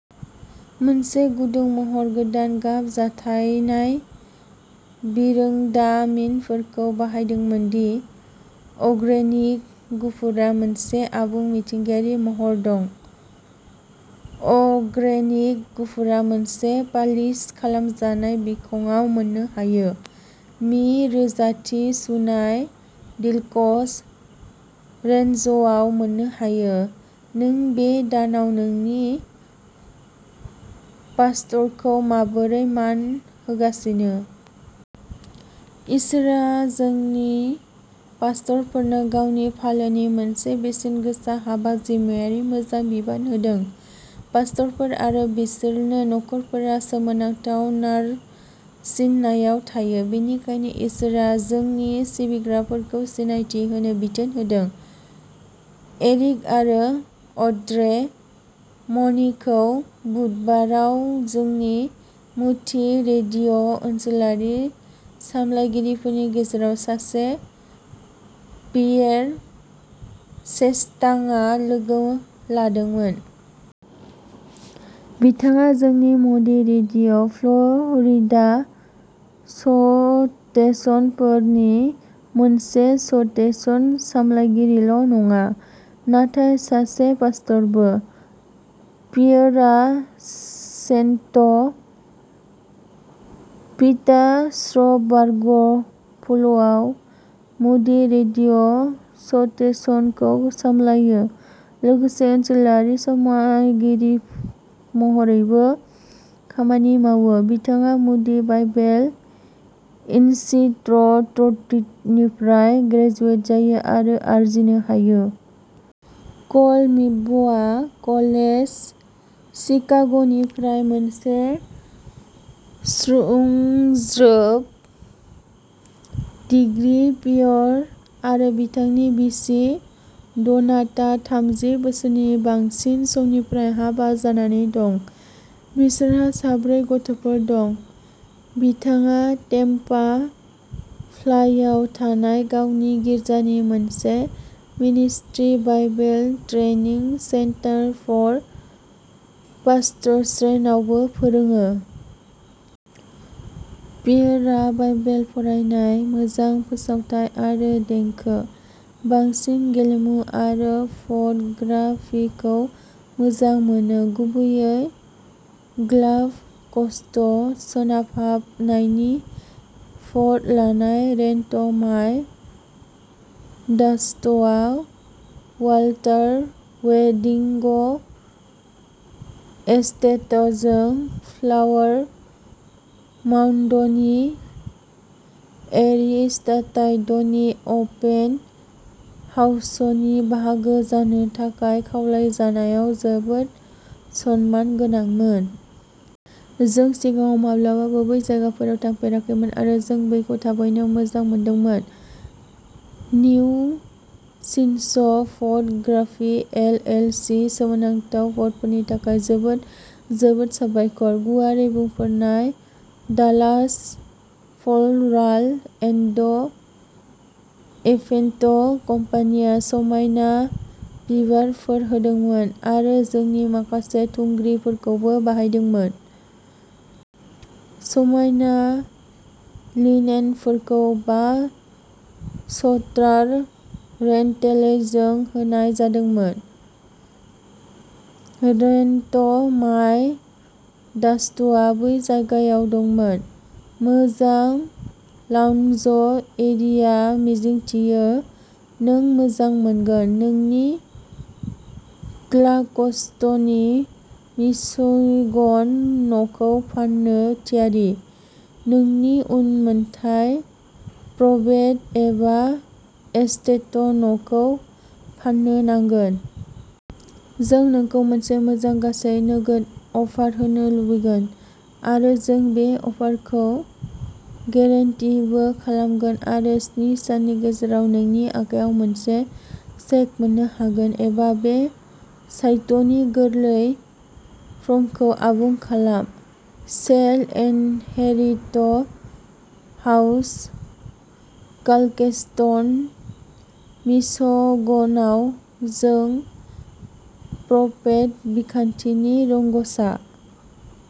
मोनसे गुदुं महर। गोदान गाब जथायनाय बिरोंदामिनफोरखौ बाहायदोंमोन दि अग्रेनिक गुफुरआ मोनसे आबुं मिथिंगायारि महर दं। अग्रेनिक गुफुरआ मोनसे पालिश खालामजानाय बिखंआव मोननो हायो। मि रोजाथि सुनाय डिलक्स रेन्जआव मोननो हायो। नों बे दानाव नोंनि पास्टरखौ माबोरै मान होगासिनो? इसोरआ जोंनि पास्टरफोरनो गावनि फालोनि मोनसे बेसेनगोसा हाबा जिउमायारि मोजांनि बिबान होदों। पास्टरफोर आरो बिसोरनि नखरफोरा सोमोनांथाव नारसिननायाव थायो। बेनिखायनो इसोरआ जोंनि सिबिग्राफोरखौ सिनायथि होनो बिथोन होदों। एरिक आरो अड्रे मर्निंखौ बुधबाराव जोंनि मुडी रेडिय' ओनसोलारि सामलायगिरिफोरनि गेजेराव सासे पियेर चेस्टांआ लोगो लादोंमोन। बिथाङा जोंनि मुडी रेडिय'फ्ल'रिडा स्टेशनफोरनि मोनसेनि स्टेशन सामलायगिरिल' नङा, नाथाय सासे पास्टरबो। पियेरआ सेन्ट पिटार्सबार्ग फ्ल'आव मुडी रेडिय' स्टेशनखौ सामलायो, लोगोसे ओनसोलारि सामलायगिरि महरैबो खामानि मावो। बिथाङा मुडी बाइबेल इनसिट्रट्रटिनिफ्राय ग्रेजुवेट जायो आरो आरजिनो हायो। कलम्बिया कलेज शिकाग'निफ्राय मोनसे स्रुंज्रोब डिग्री पियर आरो बिथांनि बिसि डनाटा थामजि बोसोरनि बांसिन समनिफ्राय हाबा जानानै दं, बिसोरहा साब्रै गथ'फोर दं। बिथाङा टेम्पा फ्लायाव थानाय गावनि गिर्जानि मोनसे ministry, Bible training centre for पास्ट्रसेनआवबो फोरोङो। पियेरआ बाइबेल फरायनाय, मोजां फोसावथाइ आरो देंखो, बांसिन गेलेमु आरो फट'ग्राफिखौ मोजां मोनो गुबैयै ल्गाफ क'स्ट सानहाबनायनि फट' लानाय रेन्ट माइ डास्टआ वाल्टार वेडिंग एस्टेटजों फ्लावार माउन्डनि एरिस्टटायडनि अपेन हाउसनि बाहागो जानो थाखाय खावलायजानायाव जोबोद सनमानगोनांमोन। जों सिगाङाव माब्लाबाबो बै जायगायाव थाफेराखैमोन आरो जों बेखौ थाबैनो मोजां मोनदोंमोन। New Seasons photography L L C सोमोनांथाव फट'फोरनि थाखाय जोबोद जोबोद साबायखर। गुवारै बुंफोरनाय डालास फ्ल'राल एन्ड इभेन्ट कम्पानिया समायना बिबारफोर होदोंमोन आरो जोंनि माखासे थुंग्रिफोरखौबो बाहायदोंमोन। समायना लिनेनफोरखौ बा स्टार रेन्टेलेजों होनाय जादोंमोन। रेन्ट माइ डास्टआ बै जायगायाव दंमोन। मोजां लाउन्ज एरिया मिजिंथियो नों मोजां मोनगोन! नोंनि क्लार्कस्टनि मिशिगन न'खौ फान्नो थियारि? नोंनि उनमोनथाइ प्रबेट एबा एस्टेट न'खौ फान्नो नांगोन। जों नोंखौ मोनसे मोजां गासै नोगोद अफार होनो लुबैगोन। आरो जों बे अफारखौ गेरेन्टीबो खालामगोन आरो स्नि साननि गेजेराव नोंनि आखायाव मोनसे चेक मोन्नो हागोन। एबा बे साइटनि गोरलै फ्रर्मखौ आबुं खालाम। सेल इनहेरिट हाउस कालकेस्टन मिशिगनआव जों प्रबेट बिखान्थिनि रोंग'सा।